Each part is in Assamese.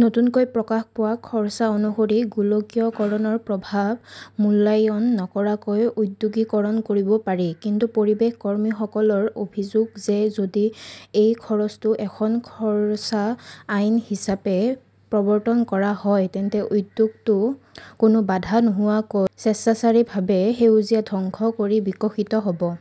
নতুনকৈ প্ৰকাশ পোৱা খচৰা অনুসৰি গোলকীয়কৰণৰ প্ৰভাৱ মূল্যায়ন নকৰাকৈ ঔদ্যোগিকৰণ কৰিব পাৰি। কিন্তু পৰিৱেশ কৰ্মীসকলৰ অভিযোগ যে যদি এই খচৰাটো এখন খচৰা আইন হিচাপে প্ৰৱৰ্তন কৰা হয়, তেন্তে উদ্যোগটো কোনো বাধা নোহোৱাকৈ স্বেচ্ছাচাৰীভাৱে সেউজীয়া ধ্বংস কৰি বিকশিত হ 'ব।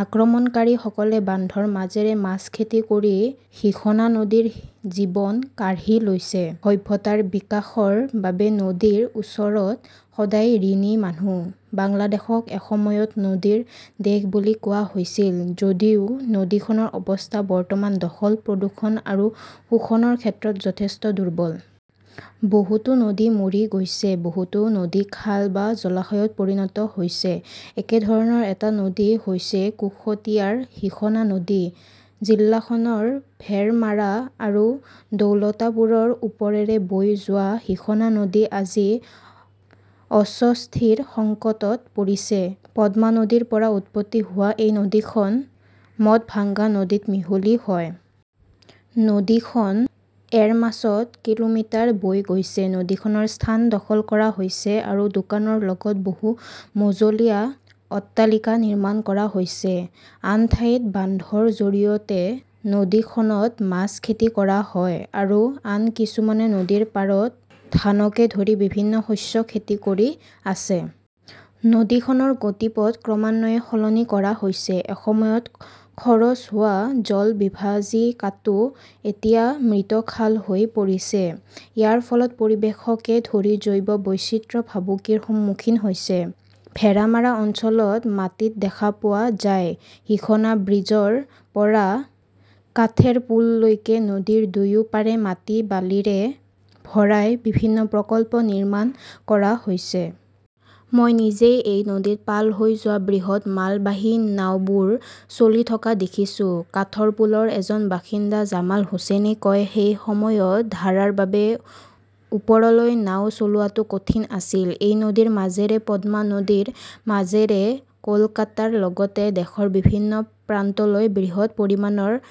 আক্ৰমণকাৰীসকলে বান্ধৰ মাজেৰে মাছ খেতি কৰি হিসনা নদীৰ জীৱন কাঢ়ি লৈছে সভ্যতাৰ বিকাশৰ বাবে নদীৰ ওচৰত সদায় ঋণী মানুহ। বাংলাদেশক এসময়ত নদীৰ দেশ বুলি কোৱা হৈছিল যদিও নদীখনৰ অৱস্থা বৰ্তমান দখল, প্ৰদূষণ আৰু শোষণৰ ক্ষেত্ৰত যথেষ্ট দুৰ্বল। বহুতো নদী মৰি গৈছে বহুতো নদী খাল বা জলাশয়ত পৰিণত হৈছে। একেধৰণৰ এটা নদী হৈছে কুশটিয়াৰ হিসনা নদী। জিলাখনৰ ভেৰমাৰা আৰু দৌলতাপুৰৰ ওপৰেৰে বৈ যোৱা হিসনা নদী আজি অস্বস্তিৰ সংকটত পৰিছে। পদ্মা নদীৰ পৰা উৎপত্তি হোৱা এই নদীখন মথভাঙ্গা নদীত মিহলি হয়। নদীখন এৰমাছত কিলোমিটাৰ বৈ গৈছে। নদীখনৰ স্থান দখল কৰা হৈছে আৰু দোকানৰ লগতে বহু-মজলীয়া অট্টালিকা নিৰ্মাণ কৰা হৈছে। আন ঠাইত বান্ধৰ জৰিয়তে নদীখনত মাছ খেতি কৰা হয়। আৰু আন কিছুমানে নদীৰ পাৰত ধানকে ধৰি বিভিন্ন শস্য খেতি কৰি আছে। নদীখনৰ গতিপথ ক্ৰমান্বয়ে সলনি কৰা হৈছে। এসময়ত খৰচ হোৱা জলবিভাজিকাটো এতিয়া মৃত খাল হৈ পৰিছে ইয়াৰ ফলত পৰিৱেশকে ধৰি জৈৱ বৈচিত্ৰ্য ভাবুকিৰ সন্মুখীন হৈছে। ভেৰামাৰা অঞ্চলত মাটিত দেখা পোৱা যায় হিসনা ব্ৰীজৰ পৰা কাথেৰপুললৈকে নদীৰ দুয়ো পাৰে মাটি-বালিৰে ভৰাই বিভিন্ন প্ৰকল্প নিৰ্মাণ কৰা হৈছে। মই নিজেই এই নদীত পাল লৈ যোৱা বৃহৎ মালবাহী নাওবোৰ চলি থকা দেখিছো। কাঠৰপুলৰ এজন বাসিন্দা জামাল হুচেইনে কয় সেই সময়ত ধাৰাৰ বাবে ওপৰলৈ নাও চলোৱাটো কঠিন আছিল। এই নদীৰ মাজেৰে পদ্মা নদীৰ মাজেৰে কলকাতাৰ লগতে দেশৰ বিভিন্ন প্ৰান্তলৈ বৃহৎ পৰিমাণৰ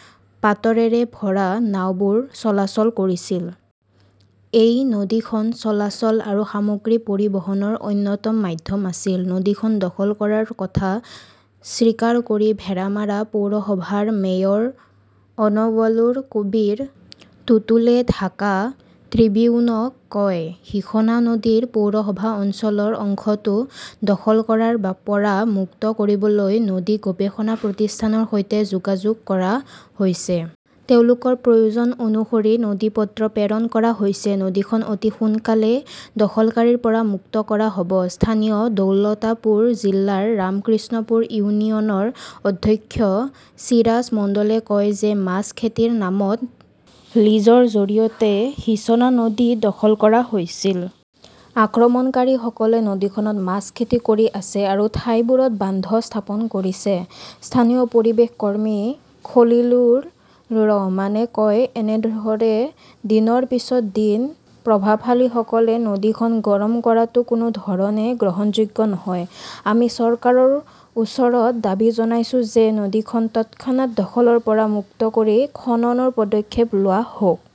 পাটৰেৰে ভৰা নাওবোৰ চলাচল কৰিছিল। এই নদীখন চলাচল আৰু সামগ্ৰী পৰিবহণৰ অন্যতম মাধ্যম আছিল। নদীখন দখল কৰাৰ কথা স্বীকাৰ কৰি ভেৰামাৰা পৌৰসভাৰ মেয়ৰ অনৱৰুল কবীৰ টুটুলে ঢাকা ট্ৰিবিউনক কয়, হিসনা নদীৰ পৌৰসভা অঞ্চলৰ অংশটো দখল কৰাৰ পৰা মুক্ত কৰিবলৈ নদী গৱেষণা প্ৰতিষ্ঠানৰ সৈতে যোগাযোগ কৰা হৈছে। তেওঁলোকৰ প্ৰয়োজন অনুসৰি নথিপত্ৰ প্ৰেৰণ কৰা হৈছে, নদীখন অতি সোনকালেই দখলকাৰীৰ পৰা মুক্ত কৰা হ'ব। স্থানীয় দৌলতাপুৰ জিলাৰ ৰামকৃষ্ণপুৰ ইউনিয়নৰ অধ্যক্ষ চিৰাজ মণ্ডলে কয় যে মাছ খেতিৰ নামত লিজৰ জৰিয়তে হিছনা নদী দখল কৰা হৈছিল। আক্ৰমণকাৰীসকলে নদীখনত মাছ খেতি কৰি আছে আৰু ঠাইবোৰত বান্ধ স্থাপন কৰিছে। স্থানীয় পৰিৱেশ কৰ্মী খলিলুৰ ৰহমানে কয়, এনেদৰে দিনৰ পিছত দিন প্ৰভাৱশালীসকলে নদীখন গৰম কৰাটো কোনো ধৰণে গ্ৰহণযোগ্য নহয় ,আমি চৰকাৰৰ ওচৰত দাবী জনাইছো যে নদীখন তৎক্ষণাত দখলৰ পৰা মুক্ত কৰি খননৰ পদক্ষেপ লোৱা হওঁক।